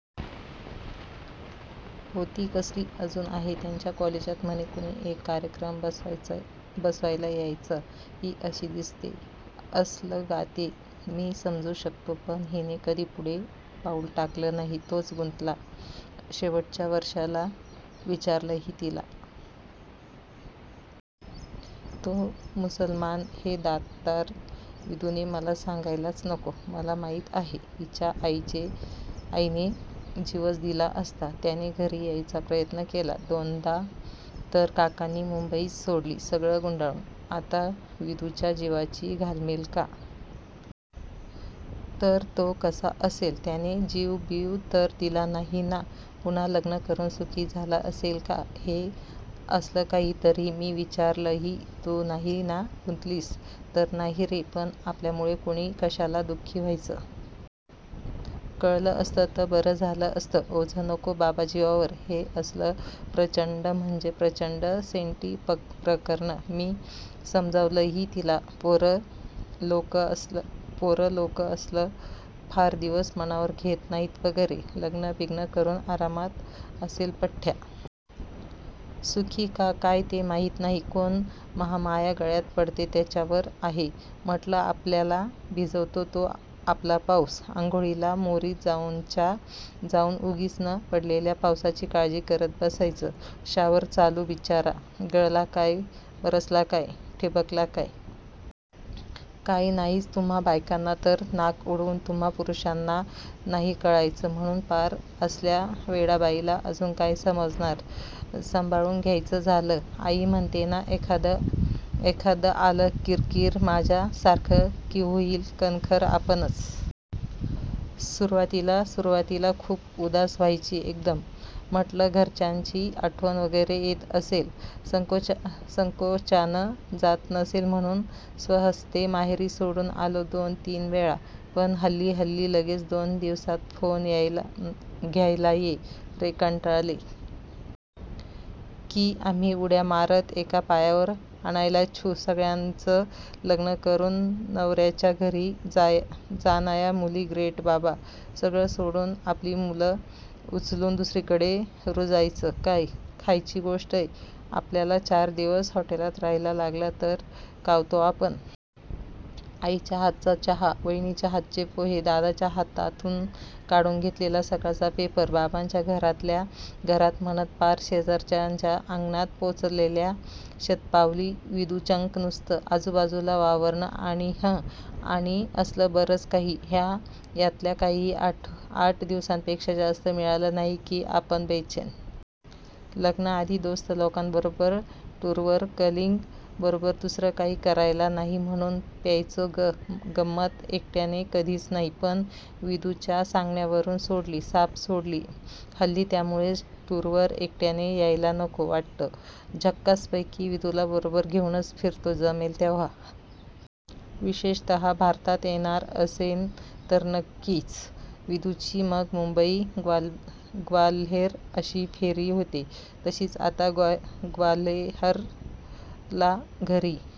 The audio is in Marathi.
होती कसली, अजून आहे. त्यांच्या कॉलेजात म्हणे कुणी एक कार्यक्रम बसवायला यायचा. ही अशी दिसते, असलं गाते, मी समजू शकतो. पण हिने कधी पुढे पाऊल टाकलं नाही, तोच गुंतला. शेवटच्या वर्षाला विचारलंही तिला. तो मुसलमान, हे दातार. विदूने मला सांगायलाच नको, मला माहीत आहे, हिच्या आईने जीवच दिला असता. त्याने घरी यायचा प्रयत्न केला दोनदा तर काकांनी मुंबईच सोडली सगळं गुंडाळून. आता विदूच्या जीवाची घालमेल का? तर, तो कसा असेल? त्याने जीव-बीव तर दिला नाही ना? पुन्हा लग्न करून सुखी झाला असेल का? हे असलं काही तरी. मी विचारलंही तू नाही ना गुंतलीस? तर, 'नाही रे. पण आपल्यामुळे कोणी कशाला दु:खी व्हायचं? कळलं असतं तर बरं झालं असतं. ओझं नको बाबा जीवावर! ' हे असलं! प्रच्चंड म्हणजे प्रच्चंड सेंटी प्रकर्णं! मी समजावलंही तिला. पोरं लोक असलं फार दिवस मनावर घेत नाहीत वगैरे. लग्नं बिग्नं करून आरामात असेल पठ्ठ्या. सुखी का काय ते माहीत नाही. कोण महामाया गळ्यात पडते त्याच्यावर आहे. म्हटलं, आपल्याला भिजवतो तो आपला पाऊस. आंघोळीला मोरीत जाऊनच्या जाऊन उगीच न पडलेल्या पावसाची काळजी करत बसायचं. शॉवर चालू बिच्चारा, गळला काय, बरसला काय, ठिबकला काय? काय नाहीच तुम्हा बायकांना. तर नाक उडवून "तुम्हा पुरुषांना नाही कळायचं" म्हणून पार! असल्या वेडाबाईला अजून काय समजावणार? संभाळून घ्यायचं झालं. आई म्हणते ना, एखादं आलं किरकिरं माझ्या सारखं की होईल कणखर आपणंच. सुरुवातीला सुरुवातीला खूप उदास व्हायची एकदम. म्हटलं, घरच्यांची आठवण वगैरे येत असेल, संकोचानं जात नसेल म्हणून स्वहस्ते माहेरी सोडून आलो दोन-तीन वेळा. पण हल्ली हल्ली लग्गेच दोन दिवसात फोन! "घायला ये रे, कंटाळले". की आम्ही उड्या मारत एका पायावर आणायला छू सगळ्याच लग्नं करून नवयाच्या घरी जाणाया मुली ग्रेट बाबा. सगळं सोडून आपली मुळं उचलून दुसरीकडे रुजायचं. काय खायची गोष्टंय? आपल्याला चार दिवस हॉटेलात रहायला लागलं तर कावतो आपण. आईच्या हातचा चहा, वहिनीच्य हातचे पोहे, दादाच्या हातातून काढून घेतलेला सकाळचा पेपर, बाबांच्या घरातल्या घरात म्हणत पार शेजारच्यांच्या अंगणात पोचलेल्या शतपावली, विदूचंन नुसतं आजूबाजूला वावरणं आणि हं! आणि असलं बरंच काही. हॅ. यातलं काहीही आठ दिवसांपेक्षा जास्त मिळालं नाही की आपण बेचैन. लग्नाआधी दोस्त लोकांबरोबर, टुरवर कलीग बरोबर, दुसरं काही करायला नाही म्हणुन प्यायचो, गं म्म त! एकट्याने कधीच नाही. पण विदूच्या सांगण्यावरून सोडली. साफ सोडली. हल्ली त्यामुळेच टूरवर एकट्याने यायला नको वाटतं झक्कासपैकी विदूला बरोबर घेऊनच फिरतो जमेल तेव्हा. विशेषत: भारतात येणार असेन तर नक्कीच. विदुची मग मुंबई, ग्वाल्हेर अशी फेरी होते. तशीच आता ग्वाल्हेरला घरी--